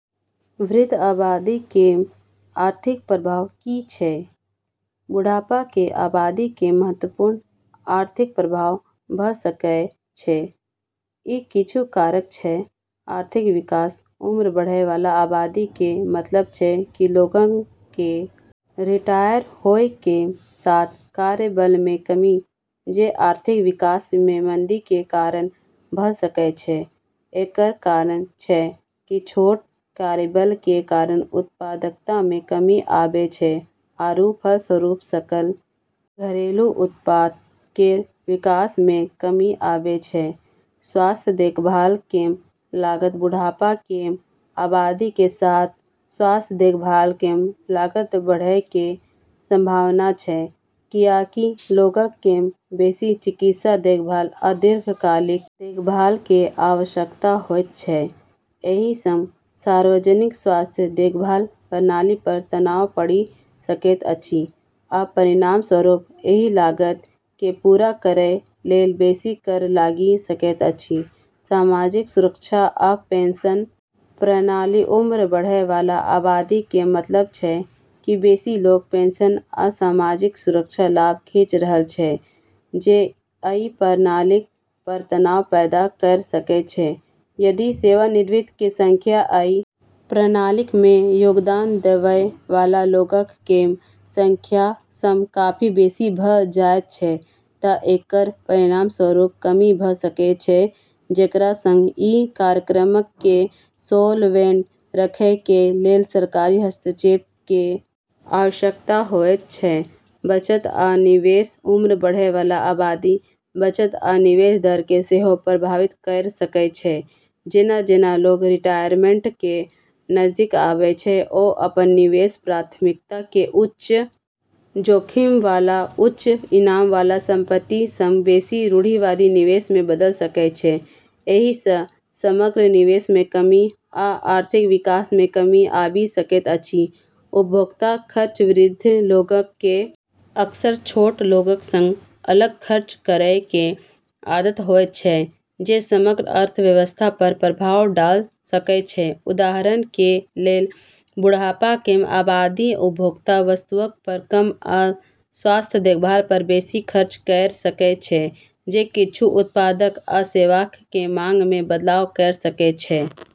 वृद्ध आबादी कें आर्थिक प्रभाव की छै? बुढ़ापा कें आबादी कें महत्वपूर्ण आर्थिक प्रभाव भ सकएय छै, इ किछु कारक छै, आर्थिक विकास उम्र बढ़य वाला आबादी कें मतलब छै कि लोगक कें रिटायर होय कें साथ कार्यबल मे कमी जे आर्थिक विकास मे मंदी कें कारण भ सकय छै, एकरऽ कारण छै कि छोटऽ कार्यबल के कारण उत्पादकता मे कमी आबै छै आरू फलस्वरूप सकल घरेलू उत्पाद केरऽ विकास मे कमी आबै छै, स्वास्थ्य देखभाल कें लागत बुढ़ापा कें आबादी कें साथ स्वास्थ्य देखभाल कें लागत बढ़एय कें संभावना छै कियाकि लोगक कें बेसि चिकित्सा देखभाल आ दीर्घकालिक देखभाल कें आवश्यकता होयत छै, एहि सं सार्वजनिक स्वास्थ्य देखभाल प्रणाली पर तनाव पड़ि सकैत अछि आ परिणामस्वरूप एहि लागत के पूरा करय लेल बेसी कर लागि सकैत अछि, सामाजिक सुरक्षा आ पेंशन प्रणाली उम्र बढ़य वाला आबादी कें मतलब छै कि बेसि लोग पेंशन आ सामाजिक सुरक्षा लाभ खींच रहल छै जे अइ प्रणालीक पर तनाव पैदा कयर सकय छै, यदि सेवानिवृत्त कें संख्या अइ प्रणालीक मे योगदान देवय वाला लोगक कें संख्या सं काफी बेसि भ जायत छै त एकर परिणामस्वरूप कमी भ सकय छै जेकरा सं इ कार्यक्रमक कें सॉल्वेंट रखय कें लेल सरकारी हस्तक्षेप कें आवश्यकता होयत छै, बचत आ निवेश उम्र बढ़य वाला आबादी बचत आ निवेश दर कें सेहो प्रभावित कयर सकय छै जेना-जेना लोग रिटायरमेंट कें नजदीक आबै छै ओ अपन निवेश प्राथमिकता कें उच्च जोखिम वाला उच्च इनाम वाला संपत्ति सं बेसि रूढ़िवादी निवेश मे बदल सकय छै, एहि स समग्र निवेश मे कमी आ आर्थिक विकास मे कमी आबि सकैत अछि, उपभोक्ता खर्च वृद्ध लोगक कें अक्सर छोट लोगक सं अलग खर्च करय कें आदत होयत छै जे समग्र अर्थव्यवस्था पर प्रभाव डाल सकय छै उदाहरण कें लेल, बुढ़ापा कें आबादी उपभोक्ता वस्तुअक पर कम आ स्वास्थ्य देखभाल पर बेसि खर्च कयर सकय छै जे किच्छू उत्पादक आ सेवाक कें मांग मे बदलाव कयर सकय छै।